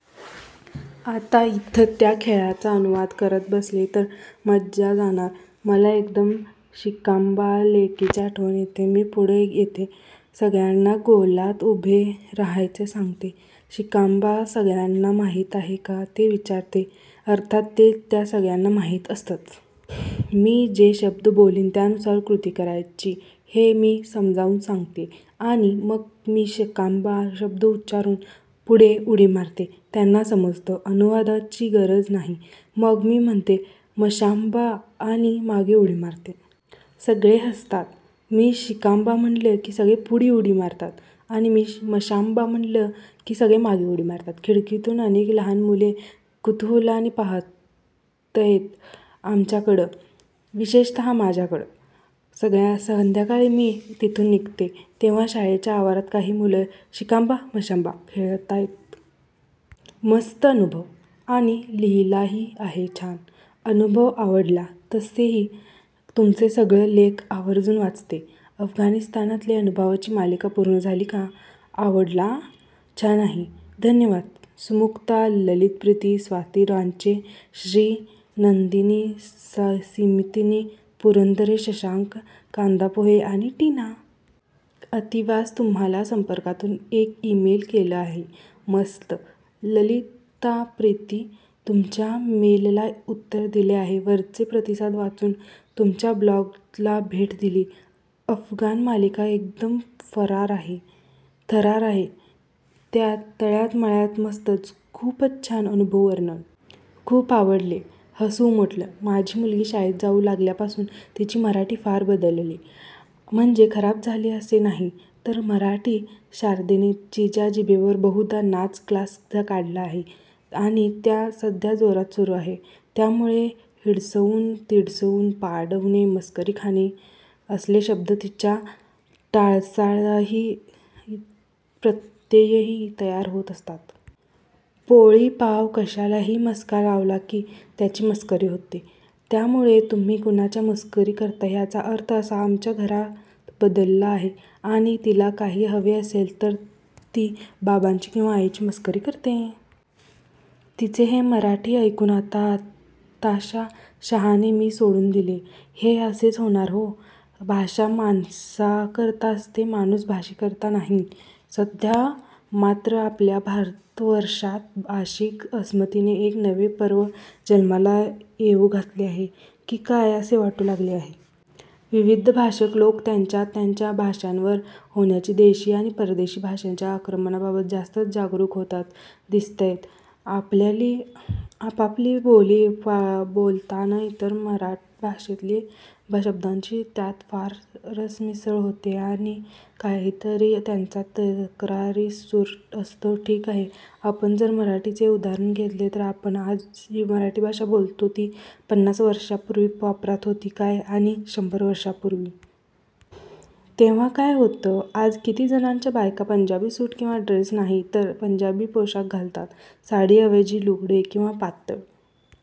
आता इथं त्या खेळाचा अनुवाद करत बसले तर मजा जाणार. मला एकदम शिकाम्बा लेकची आठवण येते. मी पुढं येते. सगळ्यांना गोलात उभे राहायला सांगते. शिकाम्बा सगळ्यांना माहिती आहे का, ते विचारते, अर्थात ते त्या सगळ्यांना माहिती असतं. मी जे शब्द बोलेन त्यानुसार कृती करायची हे मी समजावून सांगते आणि मग मी शिकाम्बा शब्द उच्चारून पुढे उडी मारते. त्यांना समजतं, अनुवादाची गरज नाही. मग मी म्हणते मशाम्बा आणि मागे उडी मारते. सगळे हसतात. मी शिकाम्बा म्हटलं की सगळे पुढे उडी मारतात आणि मी मशाम्बा म्हटलं की सगळे मागे उडी मारतात. खिडकीतून अनेक लहान मुलं कुतूहलाने पाहताहेत आमच्याकडं, विशेषत: माझ्याकडं. संध्याकाळी मी तिथून निघते तेव्हा शाळेचा आवारात काही मुलं शिकाम्बा मशाम्बा खेळताहेत. मस्त अनुभव. आणि लिहिलाही आहे छान. अनुभव आवडला. तसेही तुमचे सगळे लेख आवर्जून वाचते. अफगाणिस्तानातले अनुभवाची मालिका पूर्ण झाली का? आवडला. छान आहे. धन्यवाद सुमुक्ता, ललिता प्रीति, स्वाती, रांचो, श्री, नंदिनी, सीमंतिनी, पुरंदरे शशांक, कांदापोहे आणि टीना. आतिवास, तुम्हाला संपर्कातून एक ईमेल केलं आहे. मस्त. ललिता प्रीति, तुमच्या मेलला उत्तर दिले आहे. वरचे प्रतिसाद वाचून तुमच्या ब्लॉगला भेट दिली. अफगाण मालिका एकदम थरारक आहे. तळ्यात मळ्यात मस्तच, खूपच छान अनुभव वर्णन. खूप आवडले. हसू उमटलं. माझी मुलगी शाळेत जाऊ लागल्या पासून तिची मराठी फार बदलली. म्हणजे खराब झाली असे नाही तर मराठी शारदेने तिच्या जिभेवर बहुधा नाच क्लास काढला आहे आणि तो सध्या जोरात सुरू आहे, त्यामुळे हिडसवून तिडसवून, पाडवणे, मस्करी खाणे असले शब्द तिच्या टाकसाळीत प्रत्यही तयार होत असतात. पोळी पाव कशाला ही मस्का लावला की त्याची मस्करी होते, त्यामुळे तुम्ही कुणाची मस्करी करता ह्याचा अर्थ आता आमच्या घरात बदलला आहे आणि तिला काही हवे असेल तर तर ती बाबाची किंवा आईची मस्करी करते. तिचे हे मराठी ऐकून आता आताशा शहारणे मी सोडून दिलेय. हे असेच होणार हो. भाषा माणसाकरता असते, माणूस भाषेकरता नाही. सध्या मात्र आपल्या भारतवर्षात भाषिक अस्मितेचे एक नवे पर्व जन्माला येऊ घातले आहे की काय असे वाटू लागले आहे. विविध भाषक लोक त्यांच्या त्यांच्या भाषांवर होणाऱ्या देशी आणि परदेशी भाषांच्या आक्रमणाबाबत जास्तच जागरूक होताना दिसताहेत. आपापली बोली बोलताना इतर भाषेतल्या शब्दांची त्यात फार सरमिसळ होते असा काहीतरी त्यांच्या तक्रारीचा सूर असतो. ठीक आहे, आपण जर मराठीचेच उदाहरण घेतले तर आपण आज जी मराठी भाषा बोलतो ती पन्नास वर्षांपूर्वी वापरात होती काय आणि शंभर वर्षांपूर्वी? तेव्हा काय होतं? आज किती जणांच्या बायका पंजाबी सूट किंवा ड्रेस नाही तर पंजाबी पोशाख घालतात. साडी ऐवजी लुगडे किंवा पातळ